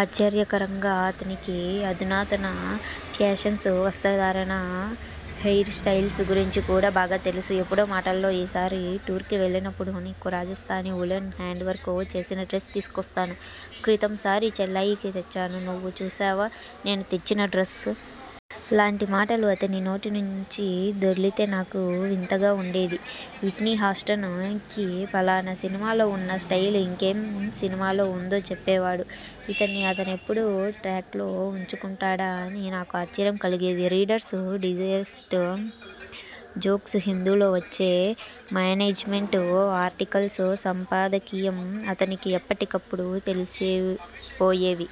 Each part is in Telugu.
ఆశ్చర్యకరంగా అతనికి అధునాతన ఫ్యాషన్స్, వస్త్రధారణ, హెయిర్ స్టయిల్స్ గురించి కూడా బాగా తెలుసు. ఎప్పుడో మాటల్లో ఈసారి టూర్ కి వెళ్ళినప్పుడు నీకు రాజస్థానీ ఉలెన్ హాండ్ వర్క్ చేసిన డ్రెస్ తీసుకొస్తాను. క్రితం సారి చెల్లాయికి తెచ్చాను. నువ్వు చూశావా నేను తెచ్చిన డ్రెస్? లాంటి మాటలు అతని నోటినుంచి దొర్లితే నాకు వింతగా వుండేది. విట్నీ హాస్టన్ కి ఫలానా సినిమాలో వున్న స్టయిల్ ఇంకే సినిమాలో వుందో చెప్పేవాడు. ఇతన్ని అతనెప్పుడు ట్రాక్ లో ఉంచుకుంటాడా అని నాకు ఆశ్చర్యం కలిగేది. రీడర్స్ డైజెస్ట్ జోక్స్, 'హిందూ' లో వచ్చే మానేజిమెంట్ ఆర్టికల్స్, సంపాదకీయం అతనికి ఎప్పటికప్పుడు తెలిసిపోయేవి.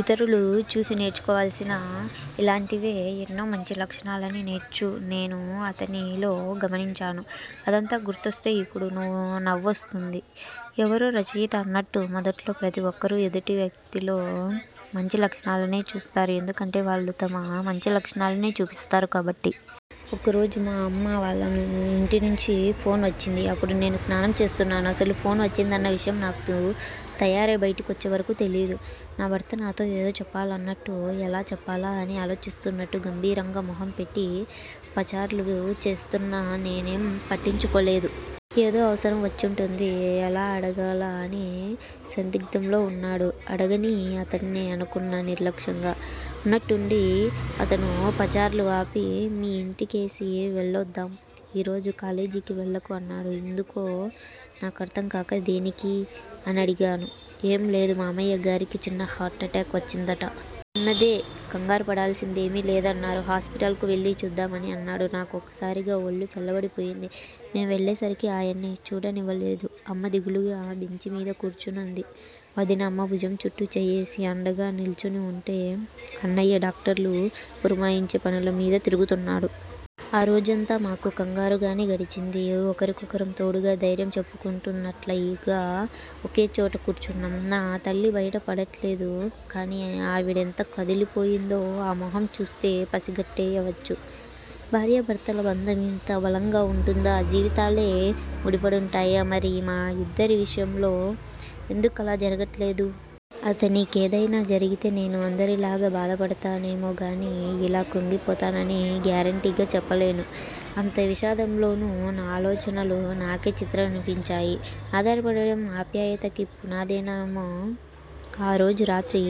ఇతరులు చూసి నేర్చుకోవాల్సిన ఇలాంటివే ఎన్నో మంచి లక్షణాలని నేను అతనిలో గమనించాను. అదంతా గుర్తొస్తే ఇప్పుడు నవ్వు వస్తూంది. ఎవరో రచయిత అన్నట్టు మొదట్లో ప్రతి ఒక్కరూ ఎదుటి వ్యక్తిలో మంచి లక్షణాలనే చూస్తారు. ఎందుకంటే వాళ్ళు తమ మంచి లక్షణాలనే చూపిస్తారు కాబట్టి! ఒకరోజు మా అమ్మా వాళ్ల ఇంటినుంచి ఫోన్ వచ్చింది. అప్పుడు నేను స్నానం చేస్తున్నాను. అసలు ఫోన్ వచ్చిందన్న విషయం నాకు తయారై బయటి కొచ్చేవరకూ తెలీదు. నా భర్త నాతో ఏదో చెప్పాలన్నట్టు, ఎలా చెప్పాలా అని ఆలోచిస్తున్నట్టు గంభీరంగా మొహం పెట్టి పచార్లు చేస్తున్నా, నేనేం పట్టించుకోలేదు. 'ఏదో అవసరం వచ్చుంటుంది, ఎలా అడగాలా అని సందిగ్ధంలో వున్నాడు. అడగనీ అతన్నే' అనుకున్నా నిర్లక్ష్యంగా. ఉన్నట్టుండి అతను పచార్లు ఆపి మీ ఇంటికేసి వెళ్ళొద్దాం. ఈ రోజు కాలేజీకి వెళ్ళకు అన్నాడు. ఎందుకో నాకర్థంకాక దేనికీ? అనడిగాను. ఏం లేదు. మామయ్యగారికి చిన్న హార్ట్ అటాక్ వచ్చిందట. చిన్నదే కంగారు పడాల్సిందేమీ లేదన్నారు. హాస్పిటల్ కు వెళ్ళి చూద్దామని అన్నాడు. నాకు ఒక్కసారిగా ఒళ్ళు చల్లబడిపోయింది. మేం వెళ్ళేసరికి ఆయన్ని చూడనివ్వలేదు. అమ్మ దిగులుగా బెంచిమీద కూర్చునుంది. వదిన అమ్మ భుజం చుట్టూ చెయ్యేసి అండగా నిల్చుని వుంటే, అన్నయ్య డాక్టర్లు పురమాయించే పనుల మీద తిరుగుతున్నాడు. ఆ రోజంతా మాకు కంగారుగానే గడిచింది. ఒకరికొకరం తోడుగా, ధైర్యం చెప్పుకుంటున్నట్లుగా ఒకేచోట కూర్చున్నాం. నా తల్లి బయట పడట్లేదు కానీ ఆవిడెంత కదిలిపోయిందో ఆ మొహం చూస్తే పసిగట్టేయవచ్చు. భార్యాభర్తల బంధం ఇంత బలంగా వుంటుందా? జీవితాలే ముడిపడుంటాయా? మరి మా ఇద్దరి విషయంలో ఎందుకలా జరగట్లేదు? అతనికేదైనా జరిగితే నేనూ అందరిలాగే బాధపడతానేమోగానీ, ఇలా క్రుంగిపోతానని గ్యారంటీగా చెప్పలేను. అంత విషాదంలోనూ నా ఆలోచనలు నాకే చిత్రమనిపించాయి. 'ఆధారపడడం' ఆప్యాయతకి పునాదేమో! ఆ రోజు రాత్రి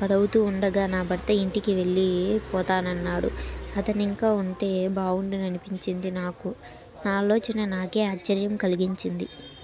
పదవుతూ వుండగా నా భర్త ఇంటికి వెళ్ళి పోతానన్నాడు. అతనింకా వుంటే బావుండుననిపించింది నాకు. నా ఆలోచన నాకే ఆశ్చర్యం కలిగించింది.